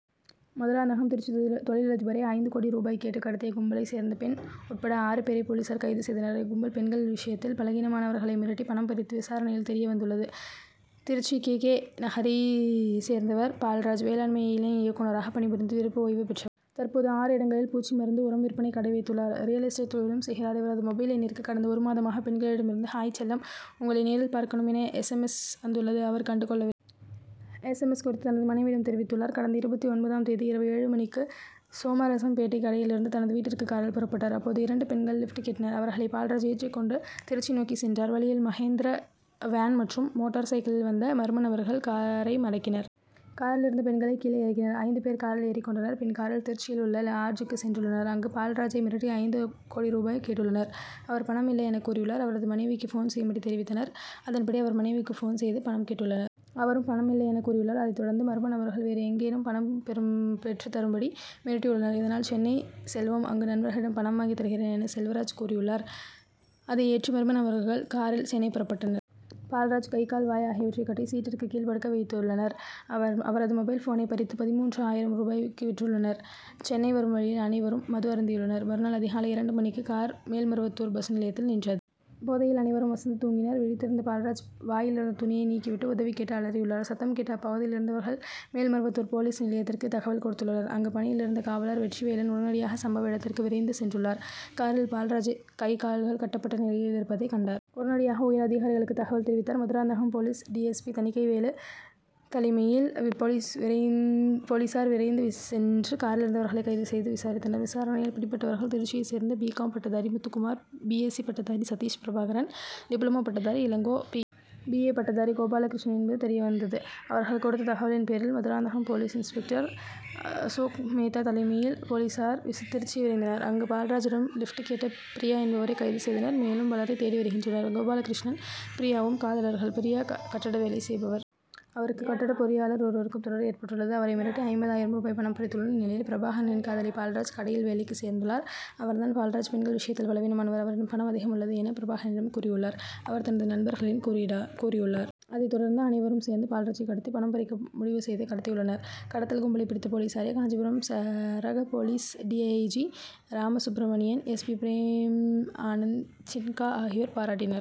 மதுராந்தகம் திருச்சி தொழிலதிபரை ஐந்து கோடி ரூபாய் கேட்டு கடத்திய கும்பலைச் சேர்ந்த பெண் உட்பட ஆறு பேரை போலீசார் கைது செய்தனர். இக்கும்பல் பெண்கள் விஷயத்தில் பலகீனமானவர்களை மிரட்டி பணம் பறித்தது விசாரணையில் தெரிய வந்துள்ளது. திருச்சி கே. கே.,நகரைச் சேர்ந்தவர் பால்ராஜ். வேளாண்மை இணை இயக்குனராகப் பணிபுரிந்து விருப்ப ஓய்வு பெற்றவர். தற்போது ஆறு இடங்களில் பூச்சி மருந்து, உரம் விற்பனை கடை வைத்துள்ளார். ரியல் எஸ்டேட் தொழிலும் செய்கிறார். இவரது மொபைல் எண்ணிற்கு கடந்த ஒரு மாதமாக பெண்களிடமிருந்து ஹாய் செல்லம், உங்களை நேரில் பார்க்கணும் என, எஸ். எம். எஸ்., வந்துள்ளது. அவர் கண்டு கொள்ளவில்லை. எஸ். எம். எஸ்., குறித்து தனது மனைவியிடம் தெரிவித்துள்ளார். கடந்த இருபத்து ஒன்பதாம் தேதி இரவு ஏழு மணிக்கு சோமரசம்பேட்டை கடையிலிருந்து தனது வீட்டிற்கு காரில் புறப்பட்டார். அப்போது இரண்டு பெண்கள் லிப்ட் கேட்டனர். அவர்களை பால்ராஜ் ஏற்றிக் கொண்டு திருச்சி நோக்கிச் சென்றார். வழியில் மகேந்திரா வேன் மற்றும் மோட்டார் சைக்கிளில் வந்த மர்ம நபர்கள் காரை மடக்கினர். காரிலிருந்த பெண்களை கீழே இறக்கினர். ஐந்து பேர் காரில் ஏறிக் கொண்டனர். பின் காரில் திருச்சியில் உள்ள லாட்ஜூக்கு சென்றுள்ளனர். அங்கு பால்ராஜை மிரட்டி ஐந்து கோடி ரூபாய் கேட்டுள்ளனர். அவர் பணம் இல்லை எனக்கூறியுள்ளார். அவரது மனைவிக்கு போன் செய்யும்படி தெரிவித்தனர். அதன்படி அவர் மனைவிக்கு போன் செய்து பணம் கேட்டுள்ளார். அவரும் பணம் இல்லை எனக் கூறியுள்ளார். அதைத் தொடர்ந்து மர்ம நபர்கள் வேறு எங்கேனும் பணம் பெற்று தரும்படி மிரட்டியுள்ளனர். இதனால், சென்னை செல்வோம். அங்கு நண்பர்களிடம் பணம் வாங்கி தருகிறேன்' என, செல்வராஜ் கூறியுள்ளார். அதை ஏற்று மர்ம நபர்கள் காரில் சென்னை புறப்பட்டனர். பால்ராஜ் கை, கால், வாய் ஆகியவற்றை கட்டி சீட்டிற்கு கீழ் படுக்க வைத்துள்ளனர். அவரது மொபைல் போனை பறித்து பதின்மூன்று ஆயிரம் ரூபாய்க்கு விற்றுள்ளனர். சென்னை வரும் வழியில் அனைவரும் மது அருந்தியுள்ளனர். மறுநாள் அதிகாலை இரண்டு மணிக்கு கார் மேல்மருவத்தூர் பஸ் நிலையத்தில் நின்றது. போதையில் அனைவரும் அசந்து தூங்கினர். விழித்திருந்த பால்ராஜ் வாயிலிருந்த துணியை நீக்கிவிட்டு உதவி கேட்டு அலறியுள்ளார். சத்தம் கேட்டு அப்பகுதியிலிருந்தவர்கள் மேல்மருவத்தூர் போலீஸ் நிலையத்திற்கு தகவல் கொடுத்துள்ளனர். அங்கு பணியிலிருந்த காவலர் வெற்றிவேலன் உடனடியாக சம்பவ இடத்திற்கு விரைந்து சென்றுள்ளார். காரில் பால்ராஜ் கை, கால்கள் கட்டப்பட்ட நிலையிலிருப்பதைக் கண்டார். உடனடியாக உயர் அதிகாரிகளுக்கு தகவல் தெரிவித்தார். Madurantakam police D. S. P., Thanigaivel தலைமையில் போலீசார் விரைந்து சென்று காரிலிருந்தவர்களை கைது செய்து விசாரித்தனர். விசாரணையில் பிடிபட்டவர்கள் திருச்சியைச் சேர்ந்த பி. காம்., பட்டதாரி முத்துக்குமார் பி. எஸ்சி., பட்டதாரி சதீஷ் பிரபாகரன் டிப்ளமோ பட்டதாரி இளங்கோ பி. ஏ., பட்டதாரி கோபாலகிருஷ்ணன் என்பது தெரிந்தது. அவர்கள் கொடுத்த தகவலின்பேரில் மதுராந்தகம் போலீஸ் இன்ஸ்பெக்டர் அசோக்மேத்தா தலைமையில் போலீசார் திருச்சி விரைந்தனர். அங்கு பால்ராஜிடம் லிப்ட் கேட்ட பிரியா என்பவரை கைது செய்தனர். மேலும் பலரை தேடி வருகின்றனர். கோபாலகிருஷ்ணனும், பிரியாவும் காதலர்கள். பிரியா கட்டட வேலை செய்பவர். அவருக்கும் கட்டடப் பொறியாளர் ஒருவருக்கும் தொடர்பு ஏற்பட்டுள்ளது. அவரை மிரட்டி ஐம்பது ஆயிரம் ரூபாய் பணம் பறித்துள்ளனர். இந்நிலையில், பிரபாகரனின் காதலி பால்ராஜ் கடையில் வேலைக்கு சேர்ந்துள்ளார். அவர்தான், பால்ராஜ் பெண்கள் விஷயத்தில் பலவீனமானவர். அவரிடம் பணம் அதிகம் உள்ளது' எனப் பிரபாகரனிடம் கூறியுள்ளார். அவர் தனது நண்பர்களிடம் கூறியுள்ளார். அதைத் தொடர்ந்து அனைவரும் சேர்ந்து பால்ராஜை கடத்தி பணம் பறிக்க முடிவு செய்து கடத்தியுள்ளனர். கடத்தல் கும்பலை பிடித்த போலீசாரை காஞ்சிபுரம் சரக போலீஸ் டி. ஐ. G., Ramasubramanian, S. B., Prem Anand Sinha ஆகியோர் பாராட்டினர்.